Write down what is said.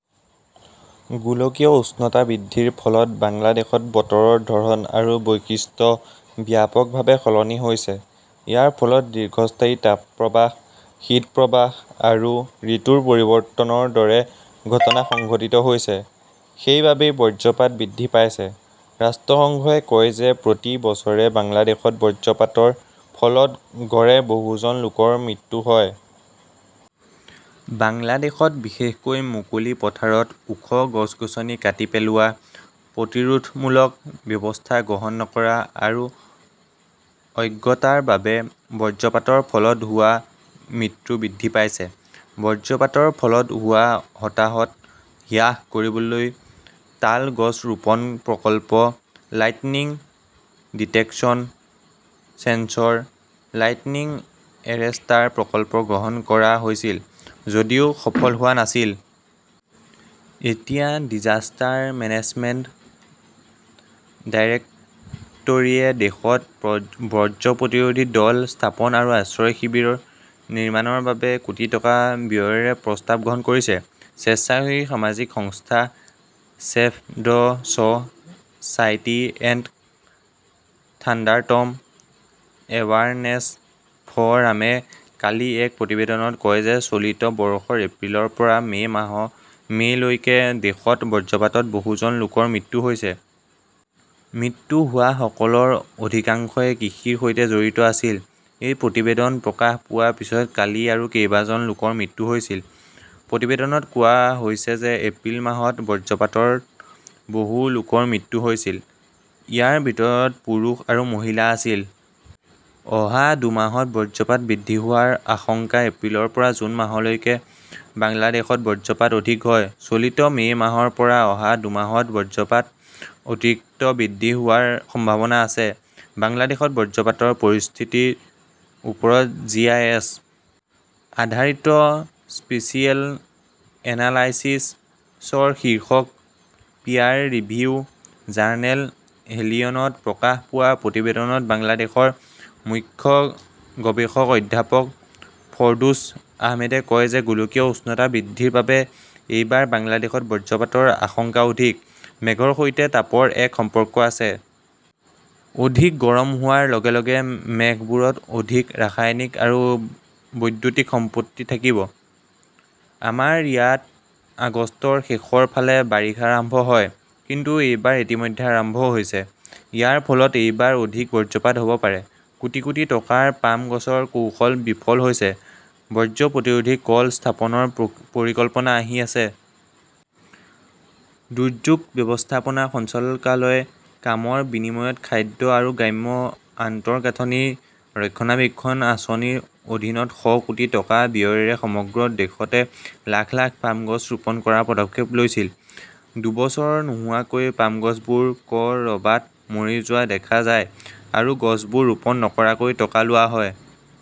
গোলকীয় উষ্ণতা বৃদ্ধিৰ ফলত বাংলাদেশত বতৰৰ ধৰণ আৰু বৈশিষ্ট্য ব্যাপকভাৱে সলনি হৈছে। ইয়াৰ ফলত দীৰ্ঘস্থায়ী তাপপ্ৰবাহ, শীতপ্ৰবাহ আৰু ঋতুৰ পৰিৱৰ্তনৰ দৰে ঘটনা সংঘটিত হৈছে। সেইবাবেই বজ্ৰপাত বৃদ্ধি পাইছে। ৰাষ্ট্ৰসংঘই কয় যে প্ৰতি বছৰে বাংলাদেশত বজ্ৰপাতৰ ফলত গড়ে বহুজন লোকৰ মৃত্যু হয়। বাংলাদেশত, বিশেষকৈ মুকলি পথাৰত ওখ গছ-গছনি কাটি পেলোৱা, প্ৰতিৰোধমূলক ব্যৱস্থা গ্ৰহণ নকৰা আৰু অজ্ঞতাৰ বাবে বজ্ৰপাতৰ ফলত হোৱা মৃত্যু বৃদ্ধি পাইছে। বজ্ৰপাতৰ ফলত হোৱা হতাহত হ্ৰাস কৰিবলৈ তাল গছ ৰোপণ প্ৰকল্প, lightning detection sensor, lightning arrester প্ৰকল্প গ্ৰহণ কৰা হৈছিল যদিও সফল হোৱা নাছিল। এতিয়া ডিজাস্টাৰ মেনেজমেণ্ট ডাইৰেক্টৰীয়ে দেশত বজ্ৰ প্ৰতিৰোধী দল স্থাপন আৰু আশ্ৰয় শিবিৰ নিৰ্মাণৰ বাবে কোটি টকা ব্যয়েৰে প্ৰস্তাৱ গ্ৰহণ কৰিছে। স্বেচ্ছাসেৱী সামাজিক সংস্থা Save the "Society and Thunderstorm Awareness ফ" ৰামে কালি এক প্ৰতিবেদনত কয় যে চলিত বৰ্ষৰ এপ্ৰিলৰ পৰা মে' লৈকে দেশত বজ্ৰপাতত বহুজন লোকৰ মৃত্যু হৈছে। মৃত্যু হোৱাসকলৰ অধিকাংশই কৃষিৰ সৈতে জড়িত আছিল। এই প্ৰতিবেদন প্ৰকাশ পোৱাৰ পিছত কালি আৰু কেইবাজন লোকৰ মৃত্যু হৈছিল। প্ৰতিবেদনত কোৱা হৈছে যে এপ্ৰিল মাহত বজ্ৰপাতত বহু লোকৰ মৃত্যু হৈছিল। ইয়াৰ ভিতৰত পুৰুষ আৰু মহিলা আছিল। অহা দুমাহত বজ্ৰপাত বৃদ্ধি হোৱাৰ আশংকা এপ্ৰিলৰ পৰা জুন মাহলৈকে বাংলাদেশত বজ্ৰপাত অধিক হয়। চলিত মে' মাহৰ পৰা অহা দুমাহত বজ্ৰপাত অতিৰিক্ত বৃদ্ধি হোৱাৰ সম্ভাৱনা আছে। "বাংলাদেশত বজ্ৰপাতৰ পৰিস্থিতিৰ ওপৰত জি. আই. এছ. -আধাৰিত স্পেচিয়েল এনালাইচিছ "ৰ শীৰ্ষক পিয়াৰ-ৰিভিউ জাৰ্নেল হেলিয়নত প্ৰকাশ পোৱা প্ৰতিবেদনত বাংলাদেশৰ মুখ্য গৱেষক অধ্যাপক ফাৰ্ডৌছ আহমেদে কয় যে গোলকীয় উষ্ণতা বৃদ্ধিৰ বাবে এইবাৰ বাংলাদেশত বজ্ৰপাতৰ আশংকা অধিক। মেঘৰ সৈতে তাপৰ এক সম্পৰ্ক আছে। অধিক গৰম হোৱাৰ লগে লগে মেঘবোৰত অধিক ৰাসায়নিক আৰু বৈদ্যুতিক সম্পত্তি থাকিব। আমাৰ ইয়াত আগষ্টৰ শেষৰ ফালে বাৰিষা আৰম্ভ হয়। কিন্তু এইবাৰ ইতিমধ্যে আৰম্ভ হৈছে। ইয়াৰ ফলত এইবাৰ অধিক বজ্ৰপাত হ'ব পাৰে। কোটি কোটি টকাৰ পাম গছৰ কৌশল বিফল হৈছে, বজ্ৰ প্ৰতিৰোধী কল স্থাপনৰ পৰিকল্পনা আহি আছে। দুৰ্যোগ ব্যৱস্থাপনা সঞ্চালকালয়ে কামৰ বিনিময়ত খাদ্য আৰু গ্ৰাম্য আন্তঃগাঁথনি ৰক্ষণাবেক্ষণ আঁচনিৰ অধীনত শ কোটি টকা ব্যয়েৰে সমগ্ৰ দেশতে লাখ লাখ পাম গছ ৰোপণ কৰাৰ পদক্ষেপ লৈছিল। দুবছৰ নোহোৱাকৈ, পাম গছবোৰ ক "ৰবাত মৰি যোৱা দেখা যায়, আৰু গছবোৰ ৰোপণ নকৰাকৈ টকা লোৱা হয়।